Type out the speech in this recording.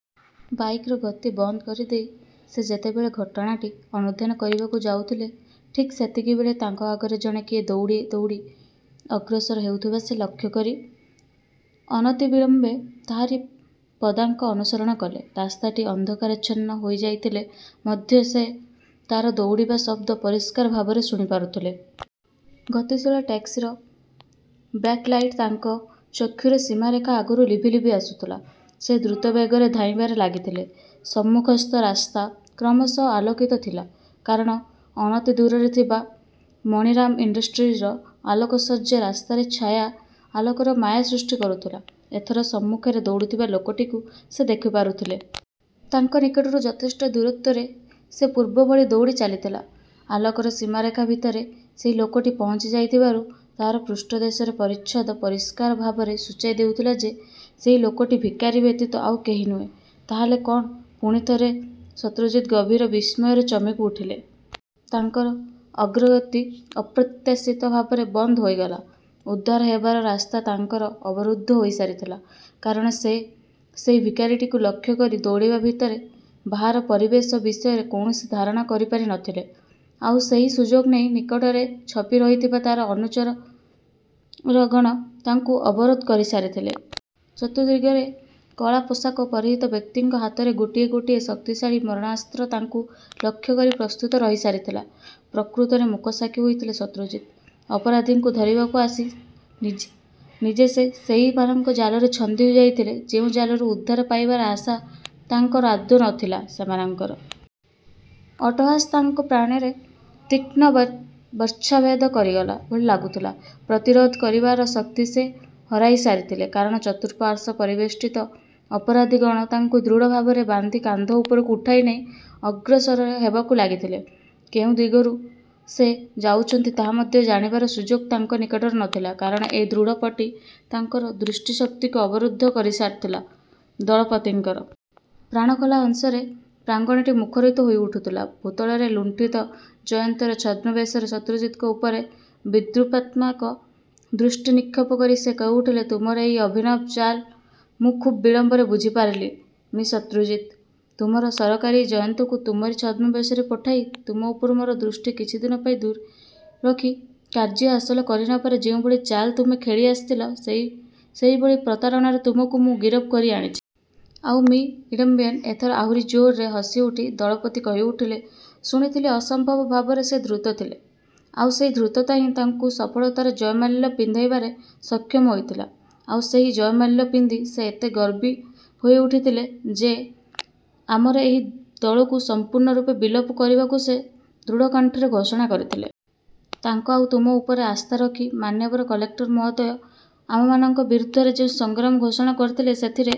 ବାଇକ୍‌ର ଗତି ବନ୍ଦ କରିଦେଇ ସେ ଯେତେବେଳେ ଘଟଣାଟି ଅନୁଧ୍ୟାନ କରିବାକୁ ଯାଉଥିଲେ, ଠିକ୍ ସେତିକିବେଳେ ତାଙ୍କ ଆଗରେ ଜଣେ କିଏ ଦୌଡ଼ି ଦୌଡ଼ି ଅଗ୍ରସର ହେଉଥିବାର ସେ ଲକ୍ଷ୍ୟ କରି ଅନତିବିଳମ୍ବେ ତାହାରି ପଦାଙ୍କ ଅନୁସରଣ କଲେ। ରାସ୍ତାଟି ଅନ୍ଧକାରାଚ୍ଛନ୍ନ ହୋଇଯାଇଥିଲେ ମଧ୍ୟ ସେ ତା'ର ଦୌଡ଼ିବା ଶବ୍ଦ ପରିଷ୍କାର ଭାବରେ ଶୁଣିପାରୁଥିଲେ। ଗତିଶୀଳ ଟ୍ୟାକ୍ସିର ବ୍ୟାକ୍ ଲାଇଟ୍ ତାଙ୍କ ଚକ୍ଷୁର ସୀମାରେଖା ଆଗରୁ ଲିଭି ଲିଭି ଆସୁଥିଲା। ସେ ଦ୍ରୁତ ବେଗରେ ଧାଇଁବାରେ ଲାଗିଥିଲେ। ସମ୍ମୁଖସ୍ଥ ରାସ୍ତା କ୍ରମଶଃ ଆଲୋକିତ ଥିଲା, କାରଣ ଅନତିଦୂରରେ ଥିବା ମଣିରାମ ଇଣ୍ଡଷ୍ଟ୍ରିଜ୍‌ର ଆଲୋକସଜ୍ଜା ରାସ୍ତାରେ ଛାୟା-ଆଲୋକର ମାୟା ସୃଷ୍ଟି କରୁଥିଲା। ଏଥର ସମ୍ମୁଖରେ ଦୌଡ଼ୁଥିବା ଲୋକଟିକୁ ସେ ଦେଖିପାରୁଥିଲେ। ତାଙ୍କ ନିକଟରୁ ଯଥେଷ୍ଟ ଦୂରତ୍ୱରେ ସେ ପୂର୍ବଭଳି ଦୌଡ଼ି ଚାଲିଥିଲା। ଆଲୋକର ସୀମାରେଖା ଭିତରେ ସେହି ଲୋକଟି ପହଞ୍ଚିଯାଇଥିବାରୁ ତା'ର ପୃଷ୍ଠଦେଶର ପରିଚ୍ଛଦ ପରିଷ୍କାର ଭାବରେ ସୂଚାଇ ଦେଉଥିଲା ଯେ, ସେହି ଲୋକଟି ଭିକାରୀ ବ୍ୟତୀତ ଆଉ କେହି ନୁହେଁ। ତା'ହେଲେ କ'ଣ? ପୁଣିଥରେ ଶତ୍ରୁଜିତ୍ ଗଭୀର ବିସ୍ମୟରେ ଚମକିଉଠିଲେ। ତାଙ୍କର ଅଗ୍ରଗତି ଅପ୍ରତ୍ୟାଶିତ ଭାବରେ ବନ୍ଦ ହୋଇଗଲା। ଉଦ୍ଧାର ହେବାର ରାସ୍ତା ତାଙ୍କର ଅବରୁଦ୍ଧ ହୋଇସାରିଥିଲା, କାରଣ ସେ ସେଇ ଭିକାରୀଟିକୁ ଲକ୍ଷ୍ୟ କରି ଦୌଡ଼ିବା ଭିତରେ ବାହାର ପରିବେଶ ବିଷୟରେ କୌଣସି ଧାରଣା କରିପାରି ନ ଥିଲେ। ଆଉ ସେହି ସୁଯୋଗ ନେଇ ନିକଟରେ ଛପିରହିଥିବା ତା'ର ଅନୁଚରଗଣ ତାଙ୍କୁ ଅବରୋଧ କରିସାରିଥିଲେ। ଚତୁର୍ଦ୍ଦିଗରେ କଳା ପୋଷାକ ପରିହିତ ବ୍ୟକ୍ତିଙ୍କ ହାତରେ ଗୋଟିଏ ଗୋଟିଏ ଶକ୍ତିଶାଳୀ ମାରଣାସ୍ତ୍ର ତାଙ୍କୁ ଲକ୍ଷ୍ୟ କରି ପ୍ରସ୍ତୁତ ରହିସାରିଥିଲା। ପ୍ରକୃତରେ ମୂକ ହୋଇଯାଇଥିଲେ ଶତ୍ରୁଜିତ୍। ଅପରାଧୀକୁ ଧରିବାକୁ ଆସି ନିଜେ ନିଜେ ସେ ସେହିମାନଙ୍କ ଜାଲରେ ଛନ୍ଦି ହୋଇଯାଇଥିଲେ, ଯେଉଁ ଜାଲରୁ ଉଦ୍ଧାର ପାଇବାର ଆଶା ତାଙ୍କର ଆଦୌ ନ ଥିଲା। ସେମାନଙ୍କର ଅଟ୍ଟହାସ ତାଙ୍କ ପ୍ରାଣରେ ତୀକ୍ଷ୍ଣ ବର୍ଚ୍ଛା ଭେଦ କରିଗଲା ଭଳି ଲାଗୁଥିଲା। ପ୍ରତିରୋଧ କରିବାର ଶକ୍ତି ସେ ହରାଇସାରିଥିଲେ, କାରଣ ଚତୁଃପାର୍ଶ୍ୱ ପରିବେଷ୍ଟିତ ଅପରାଧୀଗଣ ତାଙ୍କୁ ଦୃଢ଼ଭାବରେ ବାନ୍ଧି କାନ୍ଧ ଉପରକୁ ଉଠାଇ ନେଇ ଅଗ୍ରସର ହେବାରେ ଲାଗିଥିଲେ। କେଉଁ ଦିଗକୁ ସେ ଯାଉଛନ୍ତି ତାହା ମଧ୍ୟ ଜାଣିବାର ସୁଯୋଗ ତାଙ୍କ ନିକଟରେ ନ ଥିଲା, କାରଣ ଏକ ଦୃଢ଼ ପଟି ତାଙ୍କର ଦୃଷ୍ଟିଶକ୍ତିକୁ ଅବରୁଦ୍ଧ କରିସାରିଥିଲା। ଦଳପତିଙ୍କର ପ୍ରାଣଖୋଲା ହସରେ ପ୍ରାଙ୍ଗଣଟି ମୁଖରିତ ହୋଇଉଠୁଥିଲା। ଭୂତଳରେ ଲୁଣ୍ଠିତ ଜୟନ୍ତର ଛଦ୍ମବେଶରେ ଶତ୍ରୁଜିତ୍‌ଙ୍କ ଉପରେ ବିଦ୍ରୂପାତ୍ମକ ଦୃଷ୍ଟି ନିକ୍ଷେପ କରି ସେ କହିଉଠିଲେ ତୁମର ଏହି ଅଭିନବ ଚାଲ୍ ମୁଁ ଖୁବ୍ ବିଳମ୍ବରେ ବୁଝିପାରିଲି ମି: ଶତ୍ରୁଜିତ୍। ତୁମର ସହକାରୀ ଜୟନ୍ତଙ୍କୁ ତୁମରି ଛଦ୍ମବେଶରେ ପଠାଇ ତୁମ ଉପରୁ ମୋର ଦୃଷ୍ଟି କିଛିଦିନ ପାଇଁ ଦୂରେଇ ରଖି କାର୍ଯ୍ୟ ହାସଲ କରିନେବାର ଯେଉଁଭଳି ଚାଲ୍ ତୁମେ ଖେଳି ଆସିଥିଲ, ସେହି ସେହିଭଳି ପ୍ରତାରଣାରେ ତୁମକୁ ମୁଁ ଗିରଫ କରି ଆଣିଛି। ଆଉ ମି: ଇଡମ୍ବିଏନ୍। ଏଥର ଆହୁରି ଜୋରରେ ହସିଉଠି ଦଳପତି କହିଉଠିଲେ ଶୁଣିଥିଲି ଅସମ୍ଭବ ଭାବରେ ସେ ଧୂର୍ତ୍ତ ଥିଲେ। ଆଉ ସେହି ଧୂର୍ତ୍ତତା ହିଁ ତାଙ୍କୁ ସଫଳତାର ଜୟମାଲ୍ୟ ପିନ୍ଧାଇବାରେ ସକ୍ଷମ ହୋଇଥିଲା। ଆଉ ସେହି ଜୟମାଲ୍ୟ ପିନ୍ଧି ସେ ଏତେ ଗର୍ବୀ ହୋଇଉଠିଥିଲେ ଯେ, ଆମର ଏହି ଦଳକୁ ସମ୍ପୂର୍ଣ୍ଣରୂପେ ବିଲୋପ କରିବାକୁ ସେ ଦୃଢ଼କଣ୍ଠରେ ଘୋଷଣା କରିଥିଲେ। ତାଙ୍କ ଆଉ ତୁମ ଉପରେ ଆସ୍ଥା ରଖି ମାନ୍ୟବର କଲେକ୍ଟର ମହୋଦୟ ଆମମାନଙ୍କ ବିରୁଦ୍ଧରେ ଯେଉଁ ସଂଗ୍ରାମ ଘୋଷଣା କରିଥିଲେ, ସେଥିରେ..